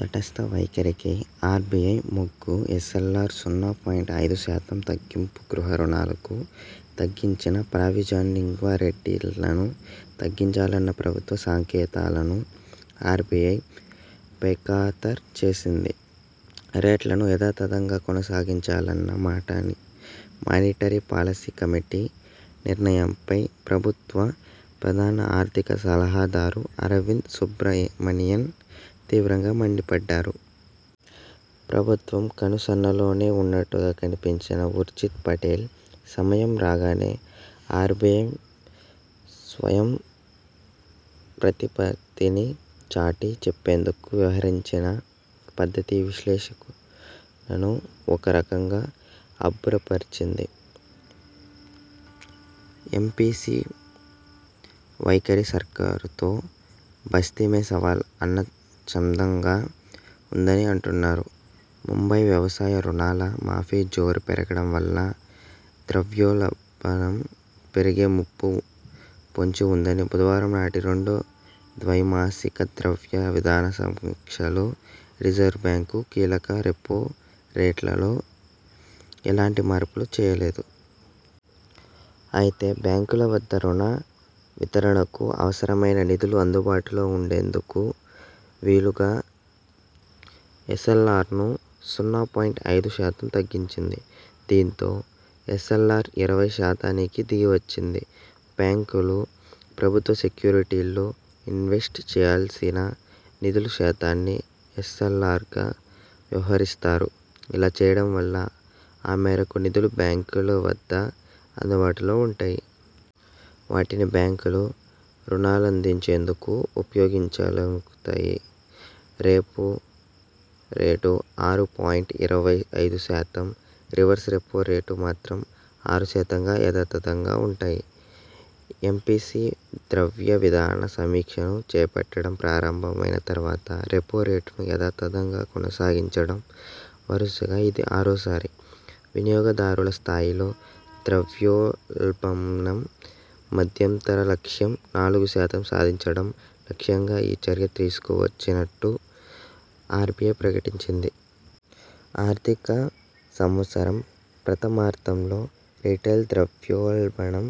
తటస్థ వైఖరికే ఆర్బిఐ మొగ్గుఎస్ఎల్ఆర్ సున్నా పాయింట్ ఐదు శాతం తగ్గింపుగృహ రుణాలకు తగ్గించిన ప్రావిజనింగ్వడ్డీరేట్లను తగ్గించాలన్న ప్రభుత్వ సంకేతాలను ఆర్బిఐ బేఖాతర్ చేసింది. రేట్లను యథాతథంగా కొనసాగించాలన్న మానిటరీ పాలసీ కమిటీ నిర్ణయంపై ప్రభుత్వ ప్రధాన ఆర్థిక సలహాదారు అరవింద్ సుబ్రమణియన్ తీవ్రంగా మండిపడ్డారు. ప్రభుత్వం కనుసన్నల్లోనే ఉన్నట్టుగా కనిపించిన ఉర్జిత్ పటేల్ సమయం రాగానే ఆర్బిఐ స్వయం ప్రతిపత్తిని చాటి చెప్పేందుకు వ్యవహరించిన పద్ధతి విశ్లేషకులను ఒక రకంగా అబ్బురపర్చింది. ఎంపిసి వైఖరి సర్కారుతో బస్తీమే సవాల్ అన్నచందంగా ఉందని అంటున్నారు. ముంబై వ్యవసాయ రుణాల మాఫీ జోరు పెరగడం వల్ల ద్రవ్యోల్బణం పెరిగే ముప్పు పొంచి ఉన్నదని బుధవారం నాటి రెండో ద్వైమాసిక ద్రవ్య విధాన సమీక్షలో రిజర్వు బ్యాంకు కీలక రెపో రేట్లలో ఎలాంటి మార్పులు చేయలేదు. అయితే బ్యాంకుల వద్ద రుణ వితరణకు అవసరమైన నిధులు అందుబాటులో ఉండేందుకు వీలుగా ఎస్ఎల్ఆర్ను సున్నా పాయింట్ ఐదు శాతం తగ్గించింది. దీంతో ఎస్ఎల్ఆర్ ఇరవై శాతానికి దిగివచ్చింది. బ్యాంకులు ప్రభుత్వ సెక్యూరిటీల్లో ఇన్వెస్ట్ చేయాల్సిన నిధుల శాతాన్ని ఎస్ఎల్ఆర్గా వ్యవహరిస్తారు. ఇలా చేయడం వల్ల ఆ మేరకు నిధులు బ్యాంకుల వద్ద అందుబాటులో ఉంటాయి. వాటిని బ్యాంకులు రుణాలందించేందుకు ఉపయోగించగలుగుతాయి. రెపో రేటు ఆరు పాయింట్ ఇరవై ఐదు శాతం, రివర్స్ రెపో రేటు మాత్రం ఆరు శాతంగా యథాతథంగా ఉంటాయి ఎంపిసి ద్రవ్యవిధాన సమీక్షను చేపట్టడం ప్రారంభమైన తర్వాత రెపో రేటును యథాతథంగా కొనసాగించడం వరుసగా ఇది ఆరోసారి. వినియోగదారుల స్థాయిలో ద్రవ్యోల్బణం మధ్యంతర లక్ష్యం నాలుగు శాతం సాధించడం లక్ష్యంగా ఈ చర్య తీసుకున్నట్టు ఆర్బిఐ ప్రకటించింది. ఆర్థిక సంవత్సరం ప్రథమార్ధంలో రిటైల్ ద్రవ్యోల్బణం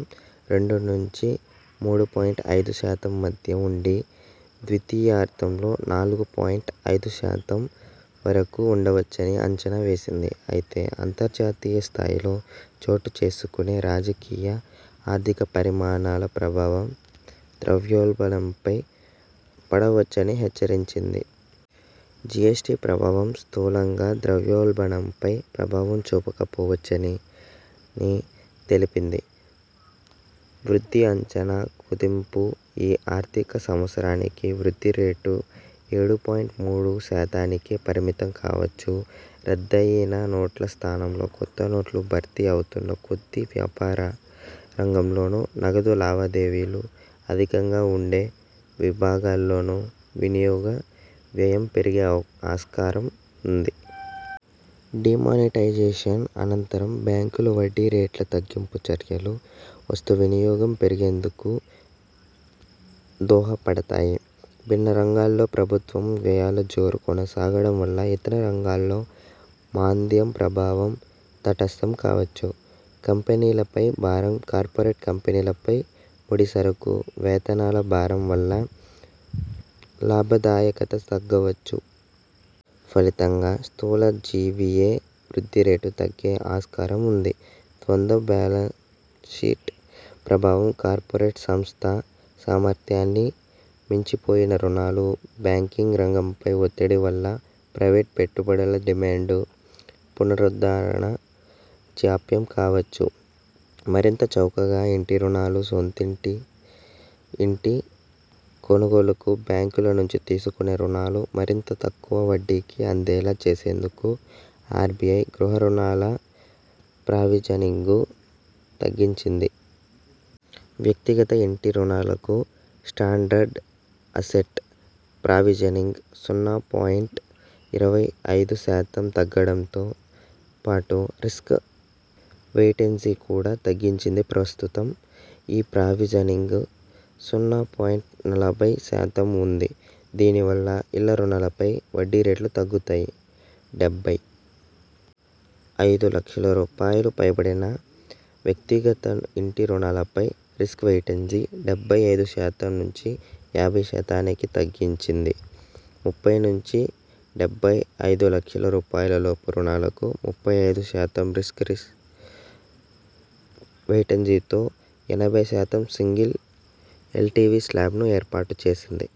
రెండు నుంచి మూడు పాయింట్ ఐదు శాతం మధ్య ఉండి ద్వితీయార్ధంలో నాలుగు పాయింట్ ఐదు శాతం వరకు ఉండవచ్చని అంచనా వేసింది అయితే అంతర్జాతీయ స్థాయిలో చోటు చేసుకునే రాజకీయ, ఆర్థిక పరిణామాల ప్రభావం ద్రవ్యోల్బణంపై పడవచ్చునని హెచ్చరించింది. జిఎస్టీ ప్రభావం స్థూలంగా ద్రవ్యోల్బణంపై ప్రభావం చూపకపోవచ్చునని తెలిపింది. వృద్ధి అంచనా కుదింపు ఈ ఆర్థిక సంవత్సరానికి వృద్ధి రేటు ఏడు పాయింట్ మూడు శాతానికే పరిమితంకావచ్చు రద్దయిన నోట్ల స్థానంలో కొత్త నోట్లు భర్తీ అవుతున్న కొద్దీ వ్యాపార రంగంలోను, నగదు లావాదేవీలు అధికంగా ఉండే విభాగాల్లోను వినియోగ వ్యయం పెరిగే ఆస్కారం ఉంది. డీమానిటైజేషన్ అనంతరం బ్యాంకుల వడ్డీ రేట్ల తగ్గింపు చర్యలు వస్తు వినియోగం పెరిగేందుకు దోహదపడతా యి. భిన్న రంగాల్లో ప్రభుత్వం వ్యయాల జోరు కొనసాగడం వల్ల ఇతర రంగాల్లో మాంద్యం ప్రభావం తటస్థం కావచ్చు. కంపెనీలపై భారం కార్పొరేట్ కంపెనీలపై ముడిసరకు, వేతనాల భారం వల్ల లాభదాయకత తగ్గవచ్చు. ఫలితంగా స్థూల జివిఎ వృద్ధి రేటు తగ్గే ఆస్కారం ఉంది. ద్వంద్వ బ్యాలెన్స్షీట్ ప్రభావం-కార్పొరేట్ సంస్థల సామర్థ్యాన్ని మించిపోయిన రుణాలు, బ్యాంకింగ్ రంగంపై ఒత్తిడి-వల్ల ప్రైవేటు పెట్టుబడుల డిమాండు పునరుద్ధరణ జాప్యం కావచ్చు. మరింత చౌకగా ఇంటి రుణాలు సొంతింటి ఇంటి కొనుగోలుకు బ్యాంకుల నుంచి తీసుకునే రుణాలు మరింత తక్కువ వడ్డీకి అందేలా చూసేందుకు ఆర్బిఐ గృహ రుణాల ప్రావిజనింగ్ను తగ్గించింది. వ్యక్తిగత ఇంటి రుణాలకు స్టాండర్డ్ అసెట్ ప్రావిజనింగ్ సున్నా పాయింట్ ఇరవై ఐదు శాతం తగ్గించడంతో పాటు రిస్క్ వెయిటేజ్ని కూడా తగ్గించింది ప్రస్తుతం ఈ ప్రావిజనింగ్ సున్నా పాయింట్ నలభై శాతం ఉంది దీని వల్ల ఇళ్ల రుణాలపై వడ్డీ రేట్లు తగ్గుతాయి. డెబ్బై ఐదు లక్షల రూపాయలు పైబడిన వ్యక్తిగత ఇంటి రుణాలపై రిస్క్ వెయిటేజ్ని డెబ్బై ఐదు శాతం నుంచి యాభై శాతానికి తగ్గించింది ముప్పై నుంచి డెబ్బై ఐదు లక్షల రూపాయల లోపు రుణాలకు ముప్పై ఐదు శాతం కొత్త రిస్క్ వెయిటేజ్తో ఎనభై శాతం సింగిల్ ఎల్టివి శ్లాబ్ను ఏర్పాటు చేసింది